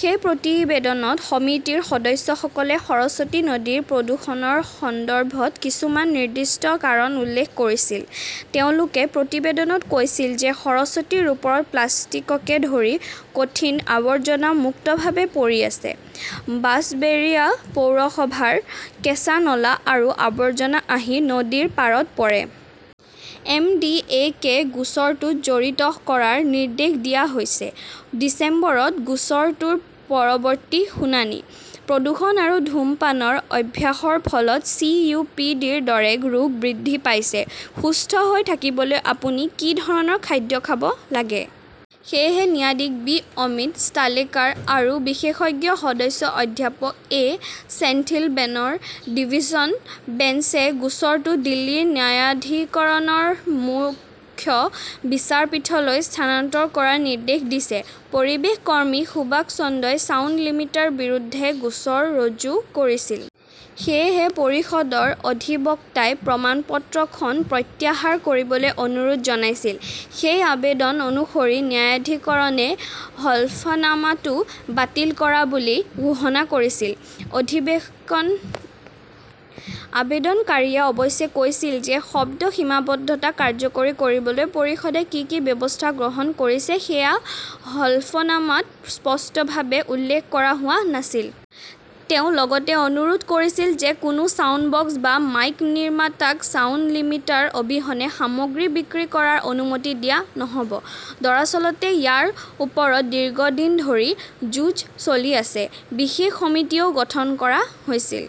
সেই প্ৰতিবেদনত সমিতিৰ সদস্যসকলে সৰস্বতী নদীৰ প্ৰদূষণৰ সন্দৰ্ভত কিছুমান নিৰ্দিষ্ট কাৰণ উল্লেখ কৰিছিল। তেওঁলোকে প্ৰতিবেদনত কৈছিল যে সৰস্বতীৰ ওপৰত প্লাষ্টিককে ধৰি কঠিন আৱৰ্জনা মুক্তভাৱে পৰি আছে। বাঁছবেৰিয়া পৌৰসভাৰ কেঁচা নলা আৰু আৱৰ্জনা আহি নদীৰ পাৰত পৰে। এম. ডি. এ. কে গোচৰটোত জড়িত কৰাৰ নিৰ্দেশ দিয়া হৈছে। ডিচেম্বৰত গোচৰটোৰ পৰৱৰ্তী শুনানি। প্ৰদূষণ আৰু ধূমপানৰ অভ্যাসৰ ফলত 'চি. ও. পি. ডি ". ৰ দৰে ৰোগ বৃদ্ধি পাইছে, সুস্থ হৈ থাকিবলৈ আপুনি কি ধৰণৰ খাদ্য খাব লাগে? সেয়েহে ন্যায়াধীশ বি অমিত ষ্টালেকাৰ আৰু বিশেষজ্ঞ সদস্য অধ্যাপক এ ছেন্থিল বেলৰ ডিভিছন বেঞ্চে গোচৰটো দিল্লীৰ ন্যায়াধিকৰণৰ মুখ্য বিচাৰপীঠলৈ স্থানান্তৰ কৰাৰ নিৰ্দেশ দিছে। পৰিৱেশ কৰ্মী সুভাষ দত্তই ছাউণ্ড লিমিটাৰৰ বিৰুদ্ধে গোচৰ ৰুজু কৰিছিল। সেয়েহে পৰিষদৰ অধিবক্তাই প্ৰমাণপত্ৰখন প্ৰত্যাহাৰ কৰিবলৈ অনুৰোধ জনাইছিল। সেই আবেদন অনুসৰি ন্যায়াধিকৰণে হলফনামাটো বাতিল কৰা বুলি ঘোষণা কৰিছিল। অধিৱেশন আবেদনকাৰীয়ে অৱশ্যে কৈছিল যে শব্দ সীমাবদ্ধতা কাৰ্যকৰী কৰিবলৈ পৰিষদে কি কি ব্যৱস্থা গ্ৰহণ কৰিছে সেয়া হলফনামাত স্পষ্টভাৱে উল্লেখ কৰা হোৱা নাছিল। তেওঁ লগতে অনুৰোধ কৰিছিল যে কোনো ছাউণ্ডবক্স বা মাইক নিৰ্মাতাক ছাউণ্ড লিমিটাৰ অবিহনে সামগ্ৰী বিক্ৰী কৰাৰ অনুমতি দিয়া নহ 'ব। দৰাচলতে, ইয়াৰ ওপৰত দীৰ্ঘদিন ধৰি যুঁজ চলি আছে। বিশেষ সমিতিও গঠন কৰা হৈছিল।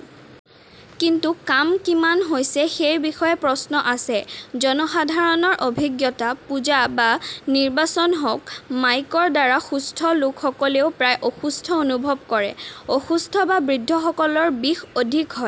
কিন্তু কাম কিমান হৈছে সেই বিষয়ে প্ৰশ্ন আছে। জনসাধাৰণৰ অভিজ্ঞতা, পূজা বা নিৰ্বাচন হওক, মাইকৰ দ্বাৰা সুস্থ লোকসকলেও প্ৰায় অসুস্থ অনুভৱ কৰে। অসুস্থ বা বৃদ্ধসকলৰ বিষ অধিক হয়।